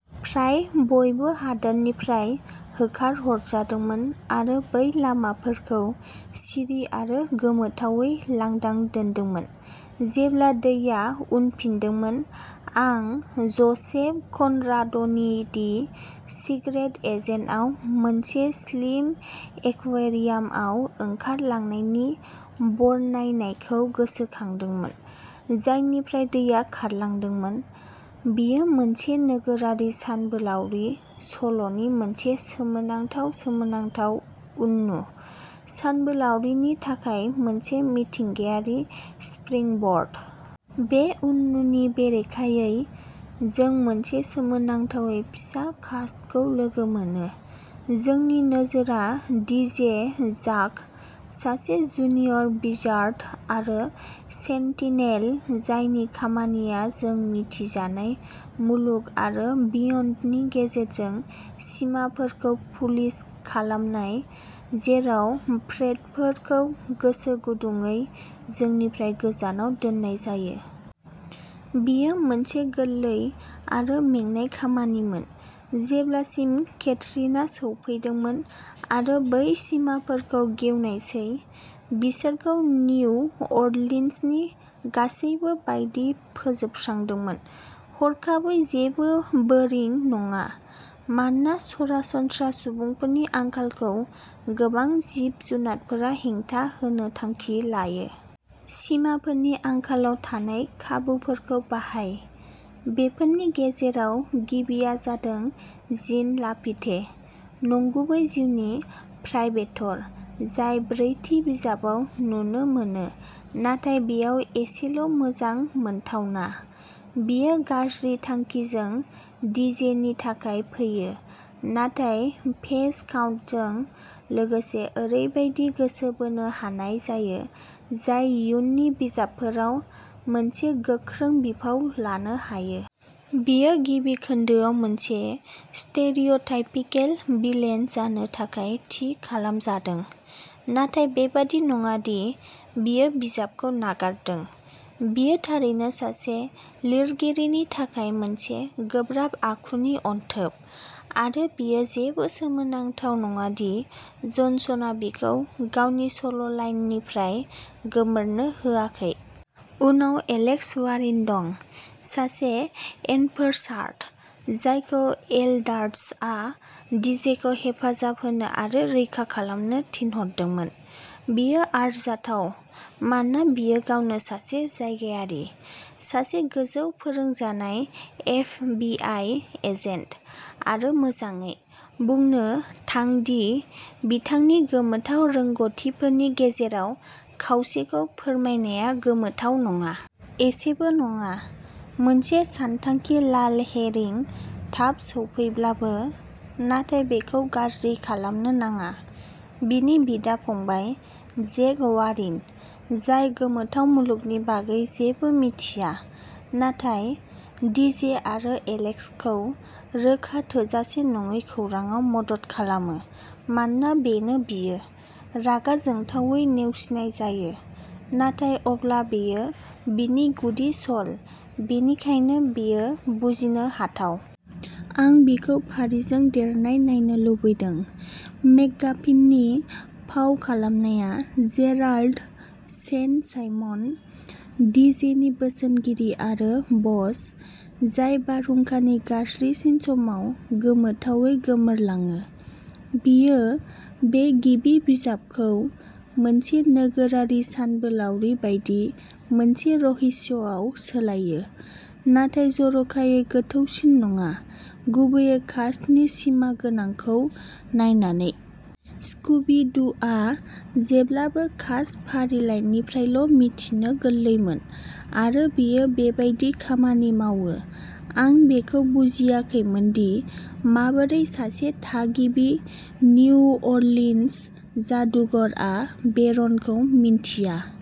फ्राय बयबो हादोरनिफ्राय होखारहरजादोंमोन आरो बै लामाफोरखौ सिरि आरो गोमोथावै लांदां दोनदोंमोन। जेब्ला दैया उनफिनदोंमोन, आं ज'सेफ कनराड'नि'दि सिक्रेट एजेन्ट'आव' मोनसे स्लिम एक्वेरियामाव ओंखारलांनायनि बरनायनायखौ गोसोखांदोंमोन, जायनिफ्राय दैया खारलांदोंमोन। बेयो मोनसे नोगोरारि सानबोलावरि सल'नि मोनसे सोमोनांथाव सोमोनांथाव उननु, सानबोलावरिनि थाखाय मोनसे मिथिंगायारि स्प्रिंबर्ड। बे उननुनि बेरेखायै, जों मोनसे सोमोनांथावै फिसा कास्टखौ लोगो मोनो। जोंनि नोजोरआ डीजे जाक ', सासे जुनियर विजार्ड आरो सेन्तिनेल, जायनि खामानिया जों मिन्थिजानाय मुलुग आरो बियन्डनि गेजेरनि सिमाफोरखौ पुलिस खालामनाय, जेराव प्रेटफोर खौ गोसोगुदुंयै जोंनिफ्राय गोजानाव दोननाय जायो। बेयो मोनसे गोरलै आरो मेंनाय खामानिमोन जेब्लासिम केटरिना सौफैदोंमोन आरो बै सिमाफोरखौ गेवनायसै, बिसोरखौ निउ अरलिन्सनि गासैबो बायदि फोजोबस्रांदोंमोन। हरखाबै जेबो बोरिं नङा, मानोना सरासनस्रा सुबुंफोरनि आंखालखौ गोबां जिब-जुनारफोरा हेंथा होनो थांखि लायो। सिमाफोरनि आंखालाव थानाय खाबुफोरखौ बाहाय। बेफोरनि गेजेराव गिबिया जादों जीन लाफिते, नंगुबै जिउनि प्राइभेटर जाय ब्रैथि बिजाबाव नुनो मोनो नाथाय बेयाव एसेल' मोजां मोनथावना। बियो गाज्रि थांखिजों डीजेनि थाखाय फैयो नाथाय पेज काउन्टजों लोगोसे ओरैबायदि गोसो बोनो हानाय जायो जाय इयुननि बिजाबफोराव मोनसे गोख्रों बिफाव लानो हायो। बियो गिबि खोन्दोआव मोनसे स्टेरिअ'टाइपिकेल भिलेन जानो थाखाय थि खालामजादों, नाथाय बेबादि नङा दि बियो बिजाबखौ नागारदों; बियो थारैनो सासे लिरगिरिनि थाखाय मोनसे गोब्राब आखुनि अनथोब आरो बेयो जेबो सोमोनांथाव नङा दि जनसनआ बिखौ गावनि सल' लाइननिफ्राय गोमोरनो होआखै। उनाव एलेक्स वारिन दं, सासे एनफोर्सार जायखौ एल्डार्सआ डीजेखौ हेफाजाब होनो आरो रैखा खालामनो थिनहरदोंमोन। बियो आरजाथाव मानोना बियो गावनो सासे जायगायारि, सासे गोजौ फोरोंजानाय एफबीआई एजेन्ट आरो मोजाङै, बुंनो थां दि बिथांनि गोमोथाव रोंग'थिफोरनि गेजेराव खावसेखौ फोरमायनाया गोमोथाव नङा। एसेबो नङा, मोनसे सानथांखि लाल हेरिं थाब सौफैब्लाबो, नाथाय बेखौ गाज्रि खालामनो नाङा। बिनि बिदा-फंबाय, जेक वारिन, जाय गोमोथाव मुलुगनि बागै जेबो मिथिया नाथाय डि जे आरो एलेक्सखौ रोखा थोजासे नङै खौरांआव मदद खालामो मानोना बेनो बियो, रागा जोंथावै नेवसिनाय जायो, नाथाय अब्ला बेयो बिनि गुदि सल बेनिखायनो बेयो बुजिनो हाथाव। आं बिखौ फारिजों देरनाय नायनो लुबैदों। मेकगाफिननि फाव खालामनाया Gerald Saint Simon, D J नि बोसोनगिरि आरो ब'स, जाय बारहुंखानि गाज्रिसिन समाव गोमोथावै गोमोरलाङो। बेयो बे गिबि बिजाबखौ मोनसे नोगोरारि सानबोलावरि बायदि मोनसे रहस्यआव सोलायो, नाथाय जर'खायै गोथौसिन नङा, गुबैयै कास्टनि सिमा गोनांखौ नायनानै। स्कूबी डू'आ जेब्लाबो कास्ट फारिलाइनिफ्रायल' मिथिनो गोरलैमोन आरो बेयो बेबायदिनो खामानि मावो। आं बेखौ बुजियाखैमोनदि माबोरै सासे थागिबि निउ अरलिन्स जादुगरआ बेरनखौ मिन्थिया।